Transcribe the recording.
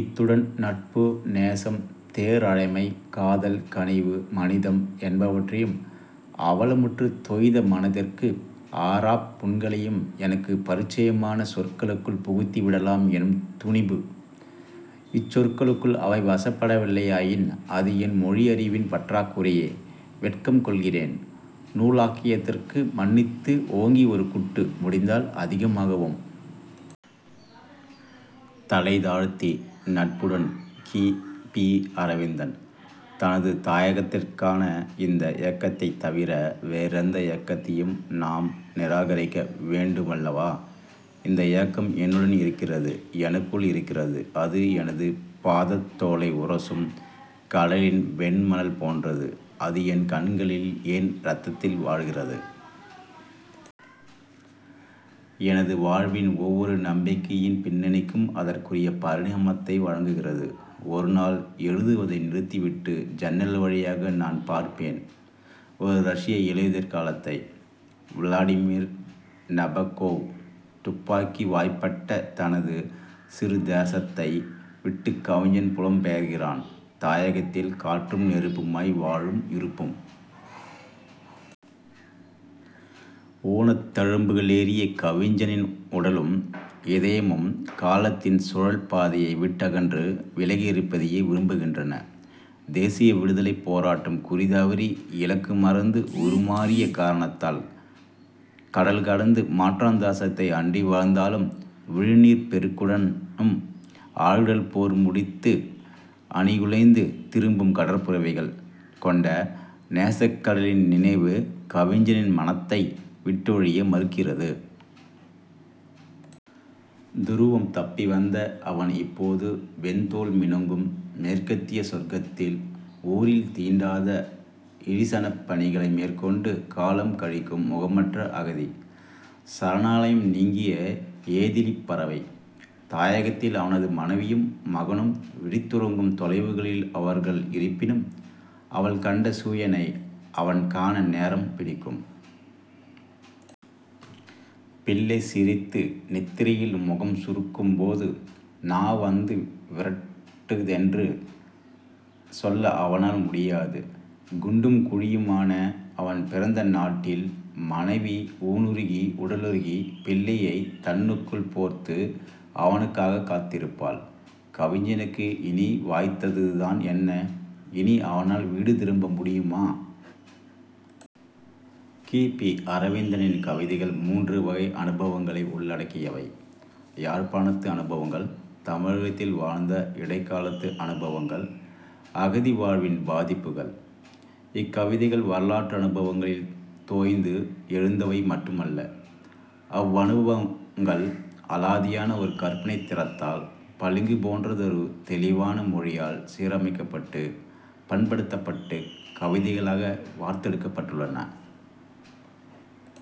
இத்துடன் நட்பு, நேசம், தேர்ழமை, காதல், கனிவு, மனிதம் என்பவற்றையும், அவலமுற்று தொய்த மனத்திற்கு ஆறாப் புண்களையும் எனக்கு பரிச்சயமான சொற்களுக்குள் புகுத்திவிடலாம் எனும் துணிபு. இச் சொற்களுக்குள் அவை வசப்படவில்லையாயின் அது என் மொழியறிவின் பற்றாக் குறையே. வெட்கம் கொள்கிறேன். நூலாக்கியதற்கு மன்னித்து ஓங்கி ஒரு குட்டு, முடிந்தால் அதிகமாகவும். தலைதாழ்த்தி, நட்புடன் கி. பி. அரவிந்தன். தனது தாயகத்திற்கான இந்த ஏக்கத்தைத் தவிர வேறெந்த ஏக்கத்தையும் நாம் நிராகரிக்க வேண்டுமல்லவா? இந்த ஏக்கம் என்னுடன் இருக்கிறது. எனக்குள் இருக்கிறது. அது எனது பாதத்தோலை உரசும் கடலின் வெண்மணல் போன்றது. அது என் கண்களில், என் இரத்தத்தில் வாழ்கிறது. எனது வாழ்வின் ஒவ்வொரு நம்பிக்கையின் பின்னணிக்கும் அதற்குரிய பரிமாணத்தை வழங்குகிறது. ஒருநாள், எழுதுவதை நிறுத்திவிட்டு ஜன்னல் வழியாக நான் பார்ப்பேன் ஒரு ரஷ்ய இலையுதிர் காலத்தை. விளாடிமிர் நபகோவ் "துப்பாக்கி வாய்ப்பட்ட" தனது "சிறு தேச"த்தை விட்டுக் கவிஞன் புலம்பெயர்கிறான். தாயகத்தில் "காற்றும் நெருப்புமாய், வாழ்வும் இருப்பும்". "ஊனத்தழும்புக"ளேறிய கவிஞனின் உடலும் இதயமும் காலத்தின் "சுழல்" பாதையை விட்டகன்று விலகியிருப்பதையே விரும்புகின்றன -தேசிய விடுதலைப் போராட்டம் குறிதவறி, இலக்கு மறந்து, உருமாறிய காரணத்தால். கடல் கடந்து மாற்றான் தேசத்தை அண்டி வாழ்ந்தாலும், "விழிநீர்ப் பெருக்குடனும் ஆழ்கடல் போர் முடித்து அணிகுலைந்து திரும்பும் கடற்புரவிகள்" கொண்ட 'நேசக்கடலின்' நினைவு கவிஞனின் மனத்தை விட்டொழிய மறுக்கிறது. "துருவம் தப்பி வந்த" அவன், இப்போது "வெண்தோல் மினுங்கும்" மேற்கத்திய சொர்க்கத்தில் "ஊரில் தீண்டாத 'இழிசனப்' பணிகளை" மேற்கொண்டு காலம் கழிக்கும் முகமற்ற அகதி; சரணாலயம் நீங்கிய ஏதிலிப்பறவை. தாயகத்தில் அவனது மனைவியும் மகனும்; விழித்துறங்கும் தொலைவுகளில் அவர்கள் இருப்பினும், அவள் கண்ட சூயனை அவன் காண நேரம் பிடிக்கும். பிள்ளை சிரித்து நித்திரையில் முகம் சுருக்கும்போது, "நா வந்து விரட்டுதென்று" சொல்ல அவனால் முடியாது. "குண்டும் குழியுமான" அவன் பிறந்த நாட்டில் மனைவி" ஊனுருகி உடலுருகி" பிள்ளையைத் "தன்னுக்குள் போர்த்து" அவனுக்காகக் காத்திருப்பாள். கவிஞனுக்கு இனி வாய்த்ததுதான் என்ன? இனி அவனால் வீடு திரும்ப முடியுமா? கி. பி. அரவிந்தனின் கவிதைகள் மூன்று வகை அனுபவங்களை உள்ளடக்கியவை: யாழ்ப்பாணத்து அனுபவங்கள்; தமிழகத்தில் வாழ்ந்த இடைக்காலத்து அனுபவங்கள்; அகதிவாழ்வின் பாதிப்புகள். இக்கவிதைகள் வரலாற்றனுபவங்களில் தோய்ந்து எழுந்தவை மட்டுமல்ல. அவ்வனுபவங்கள் அலாதியான ஒரு கற்பனைத் திறத்தால், பளிங்கு போன்றதொரு தெளிவான மொழியால் சீரமைக்கப்பட்டு, பண்படுத்தப்பட்டுக் கவிதைகளாக வார்த்தெடுக்கப்பட்டுள்ளன.